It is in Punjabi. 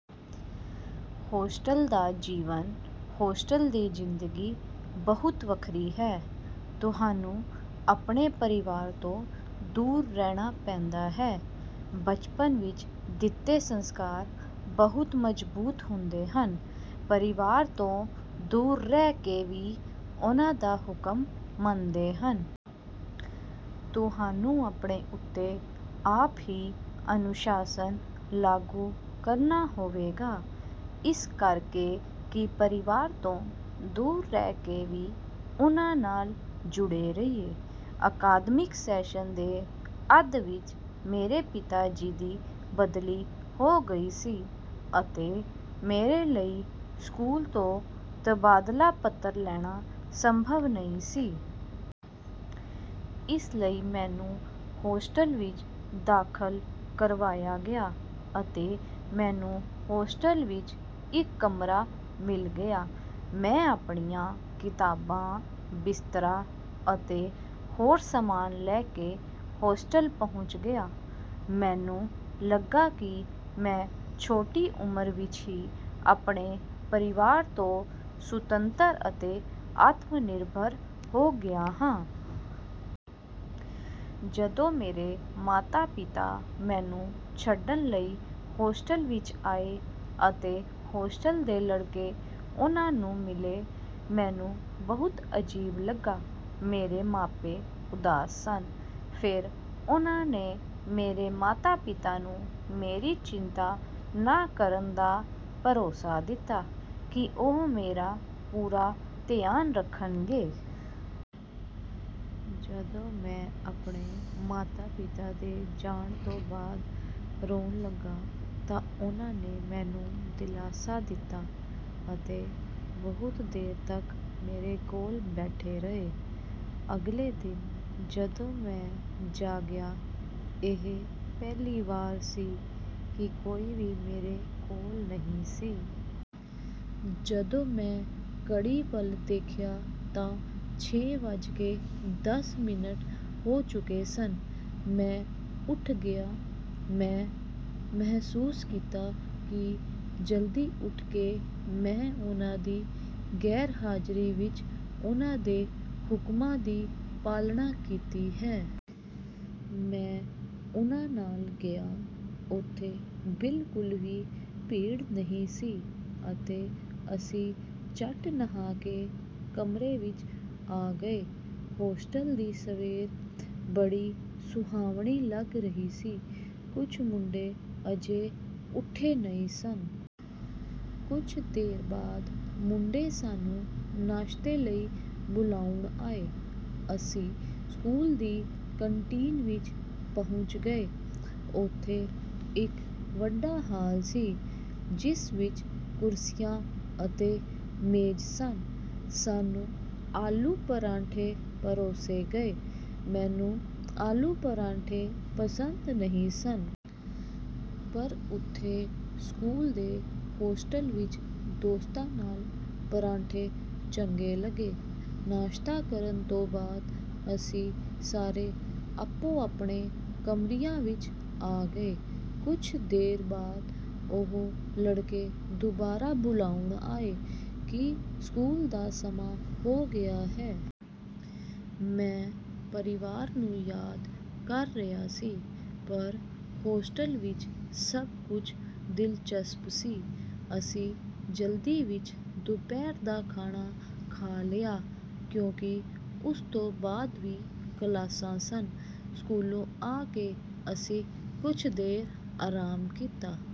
ਹੋਸਟਲ ਦਾ ਜੀਵਨ ਹੋਸਟਲ ਦੀ ਜ਼ਿੰਦਗੀ ਬਹੁਤ ਵੱਖਰੀ ਹੈ ਤੁਹਾਨੂੰ ਆਪਣੇ ਪਰਿਵਾਰ ਤੋਂ ਦੂਰ ਰਹਿਣਾ ਪੈਂਦਾ ਹੈ। ਬਚਪਨ ਵਿੱਚ ਦਿੱਤੇ ਸੰਸਕਾਰ ਬਹੁਤ ਮਜ਼ਬੂਤ ਹੁੰਦੇ ਹਨ। ਪਰਿਵਾਰ ਤੋਂ ਦੂਰ ਰਹਿ ਕੇ ਵੀ ਉਨ੍ਹਾਂ ਦਾ ਹੁਕਮ ਮੰਨਦੇ ਹਨ। ਤੁਹਾਨੂੰ ਆਪਣੇ ਉੱਤੇ ਆਪ ਹੀ ਅਨੁਸ਼ਾਸਨ ਲਾਗੂ ਕਰਨਾ ਹੋਵੇਗਾ। ਇਸ ਕਰ ਕੇ ਕਿ ਪਰਿਵਾਰ ਤੋਂ ਦੂਰ ਰਹਿ ਕੇ ਵੀ ਉਨ੍ਹਾਂ ਨਾਲ ਜੁੜੇ ਰਹੀਏ। ਅਕਾਦਮਿਕ ਸੈਸ਼ਨ ਦੇ ਅੱਧ ਵਿਚ ਮੇਰੇ ਪਿਤਾ ਜੀ ਦੀ ਬਦਲੀ ਹੋ ਗਈ ਸੀ ਅਤੇ ਮੇਰੇ ਲਈ ਸਕੂਲ ਤੋਂ ਤਬਾਦਲਾ ਪੱਤਰ ਲੈਣਾ ਸੰਭਵ ਨਹੀਂ ਸੀ। ਇਸ ਲਈ ਮੈਨੂੰ ਹੋਸਟਲ ਵਿੱਚ ਦਾਖਲ ਕਰਵਾਇਆ ਗਿਆ। ਅਤੇ ਮੈਨੂੰ ਹੋਸਟਲ ਵਿੱਚ ਇੱਕ ਕਮਰਾ ਮਿਲ ਗਿਆ। ਮੈਂ ਆਪਣੀਆਂ ਕਿਤਾਬਾਂ, ਬਿਸਤਰਾ ਅਤੇ ਹੋਰ ਸਮਾਨ ਲੈ ਕੇ ਹੋਸਟਲ ਪਹੁੰਚ ਗਿਆ। ਮੈਨੂੰ ਲੱਗਾ ਕਿ ਮੈਂ ਛੋਟੀ ਉਮਰ ਵਿੱਚ ਹੀ ਆਪਣੇ ਪਰਿਵਾਰ ਤੋਂ ਸੁਤੰਤਰ ਅਤੇ ਆਤਮਨਿਰਭਰ ਹੋ ਗਿਆ ਹਾਂ। ਜਦੋਂ ਮੇਰੇ ਮਾਤਾ-ਪਿਤਾ ਮੈਨੂੰ ਛੱਡਣ ਲਈ ਹੋਸਟਲ ਵਿੱਚ ਆਏ ਅਤੇ ਹੋਸਟਲ ਦੇ ਲੜਕੇ ਉਨ੍ਹਾਂ ਨੂੰ ਮਿਲੇ। ਮੈਨੂੰ ਬਹੁਤ ਅਜੀਬ ਲੱਗਾ। ਮੇਰੇ ਮਾਪੇ ਉਦਾਸ ਸਨ। ਫਿਰ ਉਹਨਾਂ ਨੇ ਮੇਰੇ ਮਾਤਾ-ਪਿਤਾ ਨੂੰ ਮੇਰੀ ਚਿੰਤਾ ਨਾ ਕਰਨ ਦਾ ਭਰੋਸਾ ਦਿੱਤਾ ਕਿ ਉਹ ਮੇਰਾ ਪੂਰਾ ਧਿਆਨ ਰੱਖਣਗੇ। ਜਦੋਂ ਮੈਂ ਆਪਣੇ ਮਾਤਾ-ਪਿਤਾ ਦੇ ਜਾਣ ਤੋਂ ਬਾਅਦ ਰੋਣ ਲੱਗਾ ਤਾਂ ਉਨ੍ਹਾਂ ਨੇ ਮੈਨੂੰ ਦਿਲਾਸਾ ਦਿੱਤਾ ਅਤੇ ਬਹੁਤ ਦੇਰ ਤੱਕ ਮੇਰੇ ਕੋਲ ਬੈਠੇ ਰਹੇ। ਅਗਲੇ ਦਿਨ ਜਦੋਂ ਮੈਂ ਜਾਗਿਆ, ਇਹ ਪਹਿਲੀ ਵਾਰ ਸੀ ਕਿ ਕੋਈ ਵੀ ਮੇਰੇ ਕੋਲ ਨਹੀਂ ਸੀ। ਜਦੋਂ ਮੈਂ ਘੜੀ ਵੱਲ ਦੇਖਿਆ ਤਾਂ ਛੇ ਵੱਜ ਕੇ ਦਸ ਮਿੰਟ ਹੋ ਚੁੱਕੇ ਸਨ। ਮੈਂ ਉਠ ਗਿਆ ਮੈਂ ਮਹਿਸੂਸ ਕੀਤਾ ਕਿ ਜਲਦੀ ਉੱਠ ਕੇ ਮੈਂ ਉਹਨਾਂ ਦੀ ਗੈਰਹਾਜ਼ਰੀ ਵਿੱਚ ਉਹਨਾਂ ਦੇ ਹੁਕਮਾਂ ਦੀ ਪਾਲਣਾ ਕੀਤੀ ਹੈ। ਮੈਂ ਉਨ੍ਹਾਂ ਨਾਲ ਗਿਆ। ਉੱਥੇ ਬਿਲਕੁਲ ਵੀ ਭੀੜ ਨਹੀਂ ਸੀ ਅਤੇ ਅਸੀਂ ਝੱਟ ਨਹਾ ਕੇ ਕਮਰੇ ਵਿੱਚ ਆ ਗਏ। ਹੋਸਟਲ ਦੀ ਸਵੇਰ ਬੜੀ ਸੁਹਾਵਣੀ ਲੱਗ ਰਹੀ ਸੀ। ਕੁਝ ਮੁੰਡੇ ਅਜੇ ਉਠੇ ਨਹੀਂ ਸਨ। ਕੁਝ ਦੇਰ ਬਾਅਦ ਮੁੰਡੇ ਸਾਨੂੰ ਨਾਸ਼ਤੇ ਲਈ ਬੁਲਾਉਣ ਆਏ। ਅਸੀਂ ਸਕੂਲ ਦੀ ਕੰਟੀਨ ਵਿੱਚ ਪਹੁੰਚ ਗਏ। ਉੱਥੇ ਇੱਕ ਵੱਡਾ ਹਾਲ ਸੀ। ਜਿਸ ਵਿੱਚ ਕੁਰਸੀਆਂ ਅਤੇ ਮੇਜ਼ ਸਨ। ਸਾਨੂੰ ਆਲੂ ਪਰਾਠੇ ਪਰੋਸੇ ਗਏ। ਮੈਨੂੰ ਆਲੂ ਪਰਾਠੇ ਪਸੰਦ ਨਹੀਂ ਸਨ। ਪਰ ਉਥੇ ਸਕੂਲ ਦੇ ਹੋਸਟਲ ਵਿਚ ਦੋਸਤਾਂ ਨਾਲ ਪਰਾਠੇ ਚੰਗੇ ਲੱਗੇ। ਨਾਸ਼ਤਾ ਕਰਨ ਤੋਂ ਬਾਅਦ ਅਸੀਂ ਸਾਰੇ ਆਪੋ-ਆਪਣੇ ਕਮਰਿਆਂ ਵਿਚ ਆ ਗਏ। ਕੁਝ ਦੇਰ ਬਾਅਦ ਉਹ ਲੜਕੇ ਦੁਬਾਰਾ ਬੁਲਾਉਣ ਆਏ ਕਿ ਸਕੂਲ ਦਾ ਸਮਾਂ ਹੋ ਗਿਆ ਹੈ। ਮੈਂ ਪਰਿਵਾਰ ਨੂੰ ਯਾਦ ਕਰ ਰਿਹਾ ਸੀ ਪਰ ਹੋਸਟਲ ਵਿੱਚ ਸਭ ਕੁਝ ਦਿਲਚਸਪ ਸੀ। ਅਸੀਂ ਜਲਦੀ ਵਿਚ ਦੁਪਹਿਰ ਦਾ ਖਾਣਾ ਖਾ ਲਿਆ ਕਿਉਂਕਿ ਉਸ ਤੋਂ ਬਾਅਦ ਵੀ ਕਲਾਸਾਂ ਸਨ। ਸਕੂਲੋਂ ਆ ਕੇ ਅਸੀਂ ਕੁਝ ਦੇਰ ਆਰਾਮ ਕੀਤਾ।